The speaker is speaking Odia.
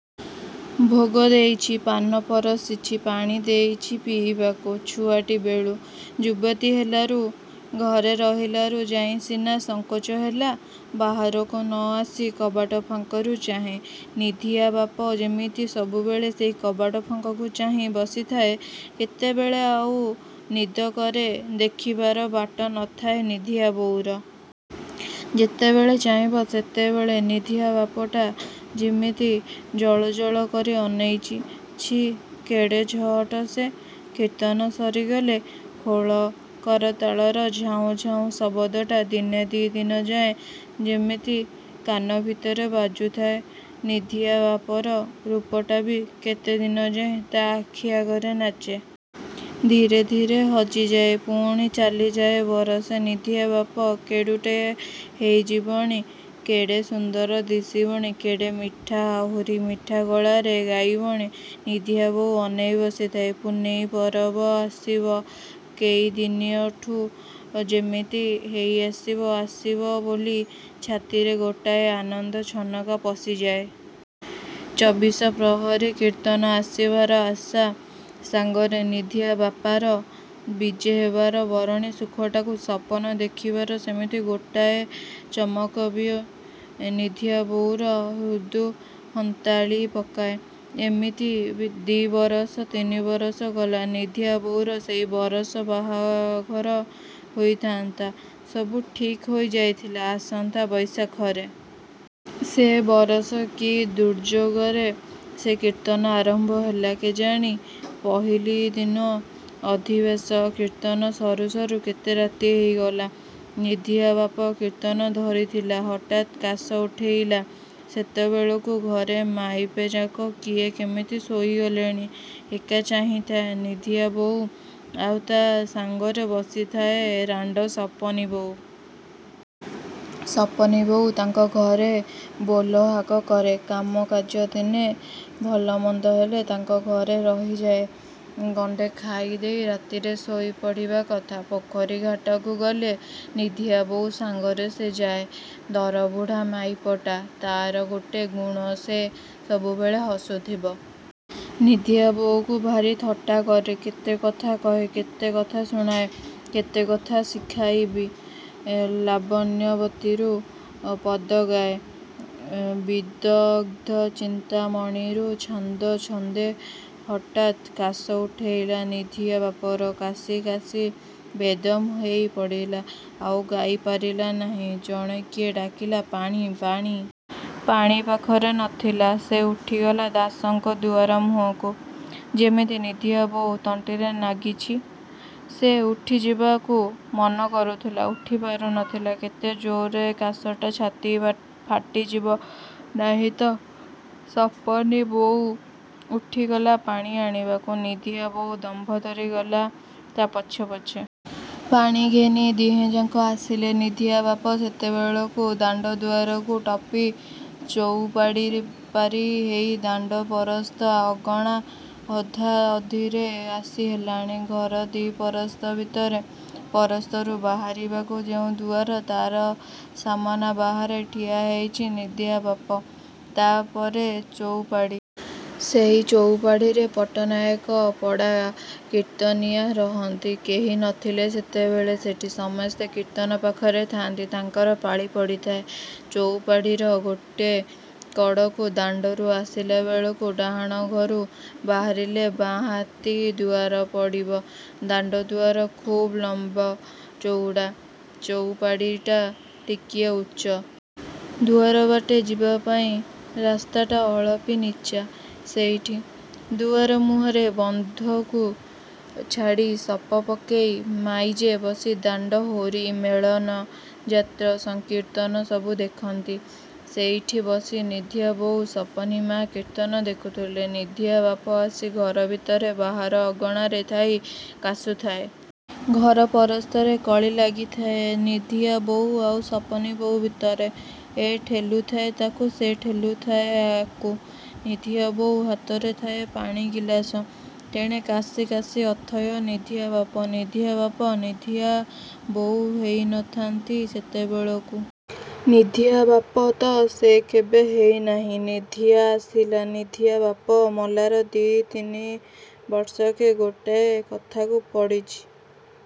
ଭୋଗ ଦେଇଚି–ପାନ ପରଷିଛି–ପାଣିଦେଇଛି ପିଇବାକୁ–ଛୁଆଟି ବେଳୁ। ଯୁବତୀ ହେଲାରୁ, ଘରେ ରହିଲାରୁ ଯାଇ ସିନା ସଙ୍କୋଚ ହେଲା–ବାହାରକୁ ନ ଆସି କବାଟ ଫାଙ୍କରୁ ଚାହେଁ। ନିଧିଆବାପ ଯେମିତି ସବୁବେଳେ ସେଇ କବାଟ ଫାଙ୍କକୁ ଚାହିଁ ବସିଥାଏ–କେତେବେଳେ ଆଉ ନିଦକରେ ଦେଖିବାର ବାଟ ନ ଥାଏ ନିଧିଆ ବୋଉର। ଯେତେବେଳେ ଚାହିଁବ ସେତେବେଳେ ନିଧିଆବାପଟା ଯିମିତି ଜଳଜଳ କରି ଅନେଇଚି। ଛି, କେଡ଼େ ଝଅଟ ସେ। କୀର୍ତ୍ତନ ସରିଗଲେ–ଖୋଳ କରତାଳର ଝାଉଁ ଝାଉଁ ଶବଦଟା ଦିନେ ଦି'ଦିନ ଯାଏଁ ଯେମିତି କାନ ଭିତରେ ବାଜୁଥାଏ, ନିଧିଆ ବାପର ରୂପଟାବି କେତେ ଦିନଯାଏଁ ତା' ଆଖି ଆଗରେ ନାଚେ। ଧୀରେ ଧୀରେ ହଜିଯାଏ। ପୁଣି ଚାଲିଯାଏ ବରଷେ। ନିଧିଆବାପ କେଡ଼ୁଟେ ହେଇଯିବଣି, କେଡ଼େ ସୁନ୍ଦର ଦିଶିବଣି, କେଡ଼େ ମିଠା, ଆହୁରି ମିଠା ଗଳାରେ ଗାଇବଣି। ନିଧିଆବୋଉ ଅନେଇ ବସିଥାଏ। ପୁନେଇଁ ପରବ ଆସିବା କେଇଦିନଠୁ ଯେମିତି ହେଇ ଆସିବ ଆସିବ ବୋଲି ଛାତିରେ ଗୋଟାଏ ଆନନ୍ଦର ଛନକା ପଶିଯାଏ। ଚବିଶ ପ୍ରହରୀ କୀର୍ତ୍ତନ ଆସିବାର ଆଶା ସାଙ୍ଗରେ ନିଧିଆବାପାର ବିଜେ ହେବାର ବରଣୀ ସୁଖଟାକୁ ସପନ ଦେଖିବାର ସେମିତି ଗୋଟାଏ ଚମକବି ନିଧିଆବୋଉର ହୃଦ୍କୁ ହନ୍ତାଳି ପକାଏ। ଏମିତି ଦି'ବରଷ ତିନିବରଷ ଗଲା। ନିଧିଆବୋଉର ସେଇ ବରଷ ବାହାଘର ହୋଇଥାନ୍ତା। ସବୁ ଠିକ୍ ହୋଇଯାଇଥିଲା–ଆସନ୍ତା ବୈଶାଖରେ। ସେ ବରଷ କି ଦୁର୍ଯୋଗରେ ସେ କୀର୍ତ୍ତନ ଆରମ୍ଭ ହେଲା କେଜାଣି! ପହିଲୁଦିନ ଅଧିବାସ। କୀର୍ତ୍ତନ ସରୁ ସରୁ କେତେ ରାତି ହେଇଗଲା। ନିଧିଆବାପ କୀର୍ତ୍ତନ ଧରିଥିଲା, ହଠାତ କାଶ ଉଠେଇଲା। ସେତେବେଳକୁ ଘରେ ମାଇପେଯାକ କିଏ କେମିତି ଶୋଇ ଗଲେଣି। ଏକା ଚାହିଁଥାଏ ନିଧିଆବୋଉ–ଆଉ ତା' ସାଙ୍ଗରେ ବସିଥାଏ ରାଣ୍ଡ ସପନି ବୋଉ। ସପନିବୋଉ ତାଙ୍କ ଘରେ ବୋଲହାକ କରେ। କାମ କାର୍ଯ୍ୟ ଦିନେ, ଭଲମନ୍ଦ ହେଲେ ତାଙ୍କ ଘରେ ରହିଯାଏ–ଗଣ୍ଡେ ଖାଇ ଦେଇ ରାତିରେ ଶୋଇ ପଡ଼ିବା କଥା। ପୋଖରୀ ଘାଟକୁ ଗଲେ ନିଧିଆବୋଉ ସାଙ୍ଗରେ ସେ ଯାଏଁ। ଦରବୁଢ଼ା ମାଇପଟା। ତା'ର ଗୋଟେ ଗୁଣ–ସେ ସବୁବେଳେ ହସୁଥିବ। ନିଧିଆ ବୋଉକୁ ଭାରି ଥଟ୍ଟା କରେ। କେତେ କଥା କହେ। କେତେ କଥା ଶୁଣାଏ। କେତେକଥା ଶିଖାଏବି। ଲାବଣ୍ୟବତୀରୁ ପଦଗାଏ। ବିଦଗ୍ଧଚିନ୍ତାମଣିରୁ ଛାନ୍ଦ ଛନ୍ଦେ। ହଠାତ କାଶ ଉଠେଇଲା ନିଧିଆ ବାପର। କାଶି କାଶି ବେଦମ୍ ହେଇ ପଡ଼ିଲା। ଆଉ ଗାଇ ପାରିଲା ନାହିଁ। ଜଣେ କିଏ ଡାକିଲା–ପାଣି ପାଣି! ପାଣି ପାଖରେ ନଥିଲା। ସେ ଉଠିଗଲା ଦାସଙ୍କ ଦୁଆରମୁହଁକୁ। ଯେମିତି ନିଧିଆବୋଉ ତଣ୍ଟିରେ ନାଗିଚି। ସେ ଉଠିଯିବାକୁ ମନ କରୁଥିଲା, ଉଠିପାରୁ ନଥିଲା–କେତେ ଜୋର୍ରେ କାଶଟା ଛାତି ଫାଟିଯିବ ନାହିଁ ତ! ସପନୀବୋଉ ଉଠିଗଲା ପାଣି ଆଣିବାକୁ। ନିଧିଆ ବୋଉ ଦମ୍ଭଧରି ଗଲା ତା' ପଛେ ପଛେ। ପାଣି ଘେନି ଦିହେଁଯାକ ଆସିଲେ। ନିଧିଆବାପ ସେତେବେଳକୁ ଦାଣ୍ଡ ଦୁଆରକୁ ଟପି ଚଉପାଢ଼ି ପାରି ହେଇ ଦାଣ୍ଡ ପରସ୍ତ ଅଗଣା ଅଧାଅଧିରେ ଆସି ହେଲାଣି। ଘର ଦି' ପରସ୍ତ। ଭିତର ପରସ୍ତରୁ ବାହାରିବାକୁ ଯେଉଁ ଦୁଆର, ତା'ର ସାମନା ବାହାରେ ଠିଆ ହେଇଚି, ନିଧିଆ ବାପ ତା'ପରେ ଚଉପାଢ଼ି। ସେଇ ଚଉପାଢ଼ିରେ ପଟ୍ଟନାୟକ ପଡ଼ା କୀର୍ତ୍ତନିୟା ରହନ୍ତି। କେହି ନଥିଲେ ସେତେବେଳେ ସେଠି। ସମସ୍ତେ କୀର୍ତ୍ତନପାଖରେ ଥାଆନ୍ତି। ତାଙ୍କରି ପାଳି ପଡ଼ିଥାଏ। ଚଉପାଢ଼ିର ଗୋଟେ କଡ଼କୁ, ଦାଣ୍ଡରୁ ଆସିଲାବେଳକୁ ଡାହାଣ ଘରୁ ବାହାରିଲେ ବାଆଁ ହାତି ଦୁଆର ପଡ଼ିବ–ଦାଣ୍ଡ ଦୁଆର–ଖୁବ୍ ଲମ୍ୱ ଚଉଡ଼ା। ଚଉପାଢ଼ିଟା ଟିକିଏ ଉଚ୍ଚ। ଦୁଆର ବାଟେ ଯିବାପାଇଁ ରାସ୍ତାଟା ଅଳପି ନୀଚା। ସେଇଟି, ଦୁଆରମୁହଁରେ ବନ୍ଧକୁ ଛାଡ଼ି ସପ ପକେଇ ମାଇଯେ ବସି ଦାଣ୍ଡ ହୋରି, ମେଳନ ଯାତ୍ର, ସଂକୀର୍ତ୍ତନ ସବୁ ଦେଖନ୍ତି। ସେଇଠି ବସି ନିଧିଆ ବୋଉ ସପନୀ ମା କୀର୍ତ୍ତନ ଦେଖୁଥିଲେ। ନିଧିଆବାପ ଆସି ଘର ଭିତରେ ବାହାର ଅଗଣାରେ ଥାଇ କାଶୁଥାଏ। ଘର ପରସ୍ତରେ କଳି ଲାଗିଥାଏ, ନିଧିଆ ବୋଉ ଆଉ ସପନୀ ବୋଉ ଭିତରେ। ଏ ଠେଲୁଥାଏ ତାକୁ, ସେ ଠେଲୁଥାଏ ୟାକୁ। ନିଧିଆ ବୋଉ ହାତରେ ଥାଏ ପାଣି ଗିଲାସ। ତେଣେ କାଶି କାଶି ଅଥୟ ନିଧିଆ ବାପ। ନିଧିଆବାପ, ନିଧିଆ ବୋଉ ହେଇ ନଥାନ୍ତି ସେତେବେଳକୁ। ନିଧିଆ ବାପ ତ ସେ କେବେ ହେଇ ନାହିଁ। ନିଧିଆ ଆସିଲା, ନିଧିଆ ବାପ ମଲାର ଦି' ତିନି ବର୍ଷକେ। ଗୋଟାଏ କଥାକୁ ପଡ଼ିଚି।